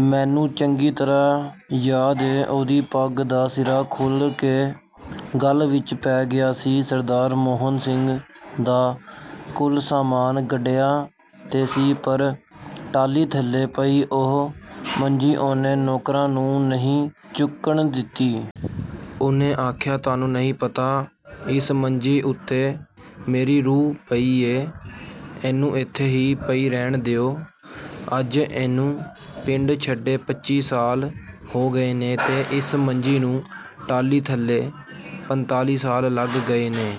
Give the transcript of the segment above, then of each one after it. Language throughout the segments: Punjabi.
ਮੈਨੂੰ ਚੰਗੀ ਤਰ੍ਹਾਂ ਯਾਦ ਏ, ਉਹਦੀ ਪੱਗ ਦਾ ਸਿਰਾ ਖੁੱਲ੍ਹ ਕੇ ਗਲ ਵਿਚ ਪੈ ਗਿਆ ਸੀ। ਸਰਦਾਰ ਮੋਹਨ ਸਿੰਘ ਦਾ ਕੁੱਲ ਸਾਮਾਨ ਗੱਡਿਆਂ ਤੇ ਸੀ, ਪਰ ਟਾਹਲੀ ਥੱਲੇ ਪਈ ਉਹ ਮੰਜੀ ਉਹਨੇ ਨੌਕਰਾਂ ਨੂੰ ਨਹੀਂ ਚੁੱਕਣ ਦਿੱਤੀ। ਉਹਨੇ ਆਖਿਆ, "ਤੁਹਾਨੂੰ ਨਹੀਂ ਪਤਾ, ਇਸ ਮੰਜੀ ਉੱਤੇ ਮੇਰੀ ਰੂਹ ਪਈ ਏ। ਇਹਨੂੰ ਇੱਥੇ ਹੀ ਪਈ ਰਹਿਣ ਦਿਓ।" ਅੱਜ ਉਹਨੂੰ ਪਿੰਡ ਛੱਡੇ ਪੱਚੀ ਸਾਲ ਹੋ ਗਏ ਨੇ ਤੇ ਇਸ ਮੰਜੀ ਨੂੰ ਟਾਹਲੀ ਥੱਲੇ ਪੰਤਾਲੀ ਸਾਲ ਲੰਘ ਗਏ ਨੇ।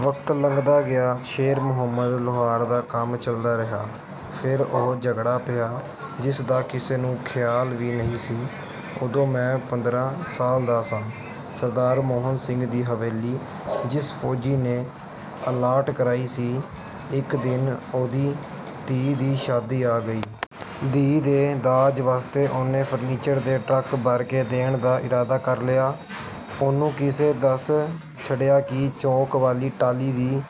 ਵਕਤ ਲੰਘਦਾ ਗਿਆ, ਸ਼ੇਰ ਮੁਹੰਮਦ ਲੁਹਾਰ ਦਾ ਕੰਮ ਚੱਲਦਾ ਰਿਹਾ। ਫਿਰ ਉਹ ਝਗੜਾ ਪਿਆ, ਜਿਸ ਦਾ ਕਿਸੇ ਨੂੰ ਖ਼ਿਆਲ ਵੀ ਨਹੀਂ ਸੀ। ਉਦੋਂ ਮੈਂ ਪੰਦਰਾਂ ਸਾਲ ਦਾ ਸਾਂ। ਸਰਦਾਰ ਮੋਹਨ ਸਿੰਘ ਦੀ ਹਵੇਲੀ ਜਿਸ ਫੌਜੀ ਨੇ ਅਲਾਟ ਕਰਾਈ ਸੀ, ਇਕ ਦਿਨ ਉਹਦੀ ਧੀ ਦੀ ਸ਼ਾਦੀ ਆ ਗਈ। ਧੀ ਦੇ ਦਾਜ ਵਾਸਤੇ ਉਹਨੇ ਫਰਨੀਚਰ ਦੇ ਟਰੱਕ ਭਰ ਕੇ ਦੇਣ ਦਾ ਇਰਾਦਾ ਕਰ ਲਿਆ। ਉਹਨੂੰ ਕਿਸੇ ਦੱਸ ਛੱਡਿਆ ਕਿ ਚੌਕ ਵਾਲੀ ਟਾਹਲੀ ਦੀ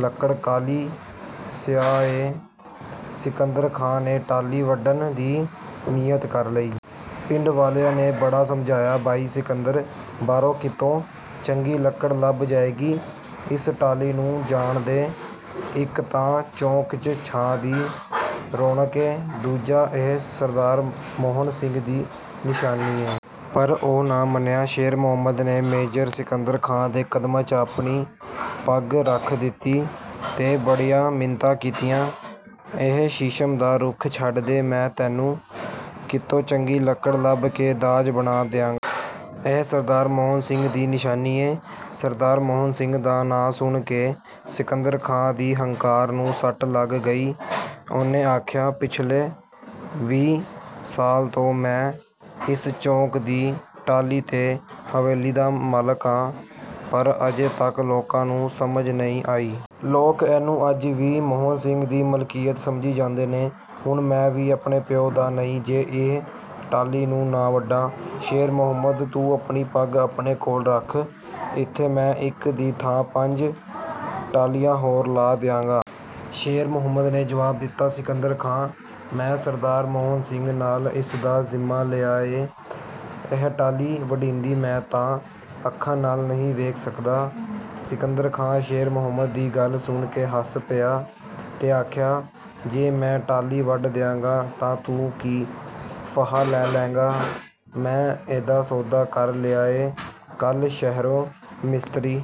ਲੱਕੜ ਕਾਲੀ-ਸਿਆਹ ਏ। ਸਿਕੰਦਰ ਖਾਂ ਨੇ ਟਾਹਲੀ ਵੱਢਣ ਦੀ ਨੀਅਤ ਕਰ ਲਈ। ਪਿੰਡ ਵਾਲਿਆਂ ਨੇ ਬੜਾ ਸਮਝਾਇਆ, "ਭਾਈ ਸਿਕੰਦਰ! ਬਾਹਰੋਂ ਕਿਤੋਂ ਚੰਗੀ ਲੱਕੜ ਲੱਭ ਜਾਏਗੀ। ਇਸ ਟਾਹਲੀ ਨੂੰ ਜਾਣ ਦੇ। ਇਕ ਤਾਂ ਚੌਕ 'ਚ ਛਾਂ ਦੀ ਰੌਣਕ ਏ, ਦੂਜਾ ਇਹ ਸਰਦਾਰ ਮੋਹਨ ਸਿੰਘ ਦੀ ਨਿਸ਼ਾਨੀ ਏ।" ਪਰ ਉਹ ਨਾ ਮੰਨਿਆ। ਸ਼ੇਰ ਮੁਹੰਮਦ ਨੇ ਮੇਜਰ ਸਿਕੰਦਰ ਖਾਂ ਦੇ ਕਦਮਾਂ 'ਚ ਆਪਣੀ ਪੱਗ ਰੱਖ ਦਿੱਤੀ ਤੇ ਬੜੀਆਂ ਮਿੰਨਤਾਂ ਕੀਤੀਆਂ, "ਇਹ ਸ਼ੀਸ਼ਮ ਦਾ ਰੁੱਖ ਛੱਡ ਦੇ। ਮੈਂ ਤੈਨੂੰ ਕਿਤੋਂ ਚੰਗੀ ਲੱਕੜ ਲੱਭ ਕੇ ਦਾਜ ਬਣਾ ਦਿਆਂਗਾ। ਇਹ ਸਰਦਾਰ ਮੋਹਨ ਸਿੰਘ ਦੀ ਨਿਸ਼ਾਨੀ ਏ।" ਸਰਦਾਰ ਮੋਹਨ ਸਿੰਘ ਦਾ ਨਾਂ ਸੁਣ ਕੇ ਸਿਕੰਦਰ ਖਾਂ ਦੀ ਹੰਕਾਰ ਨੂੰ ਸੱਟ ਲੱਗ ਗਈ। ਉਹਨੇ ਆਖਿਆ, "ਪਿਛਲੇ ਵੀਹ ਸਾਲ ਤੋਂ ਮੈਂ ਇਸ ਚੌਕ ਦੀ ਟਾਹਲੀ ਤੇ ਹਵੇਲੀ ਦਾ ਮਾਲਕ ਆਂ, ਪਰ ਅਜੇ ਤੱਕ ਲੋਕਾਂ ਨੂੰ ਸਮਝ ਨਹੀਂ ਆਈ। ਲੋਕ ਇਹਨੂੰ ਅੱਜ ਵੀ ਮੋਹਨ ਸਿੰਘ ਦੀ ਮਲਕੀਅਤ ਸਮਝੀ ਜਾਂਦੇ ਨੇ। ਹੁਣ ਮੈਂ ਵੀ ਆਪਣੇ ਪਿਓ ਦਾ ਨਹੀਂ, ਜੇ ਇਹ ਟਾਹਲੀ ਨੂੰ ਨਾ ਵੱਢਾਂ। ਸ਼ੇਰ ਮੁਹੰਮਦ, ਤੂੰ ਆਪਣੀ ਪੱਗ ਆਪਣੇ ਕੋਲ ਰੱਖ। ਇੱਥੇ ਮੈਂ ਇਕ ਦੀ ਥਾਂ ਪੰਜ ਟਾਹਲੀਆਂ ਹੋਰ ਲਾ ਦਿਆਂਗਾ।" ਸ਼ੇਰ ਮੁਹੰਮਦ ਨੇ ਜਵਾਬ ਦਿੱਤਾ, "ਸਿਕੰਦਰ ਖਾਂ, ਮੈਂ ਸਰਦਾਰ ਮੋਹਨ ਸਿੰਘ ਨਾਲ ਇਸ ਦਾ ਜ਼ਿੰਮਾ ਲਿਆ ਏ। ਇਹ ਟਾਹਲੀ ਵੱਢੀਂਦੀ ਮੈਂ ਤਾਂ ਅੱਖਾਂ ਨਾਲ ਨਹੀਂ ਵੇਖ ਸਕਦਾ।" ਸਿਕੰਦਰ ਖਾਂ ਸ਼ੇਰ ਮੁਹੰਮਦ ਦੀ ਗੱਲ ਸੁਣ ਕੇ ਹੱਸ ਪਿਆ ਤੇ ਆਖਿਆ, "ਜੇ ਮੈਂ ਟਾਹਲੀ ਵੱਢ ਦਿਆਂਗਾ ਤਾਂ ਤੂੰ ਕੀ ਫਾਹਾ ਲੈ ਲੈਂਗਾ? ਮੈਂ ਇਹਦਾ ਸੌਦਾ ਕਰ ਲਿਆ ਏ। ਕੱਲ੍ਹ ਸ਼ਹਿਰੋਂ ਮਿਸਤਰੀ..."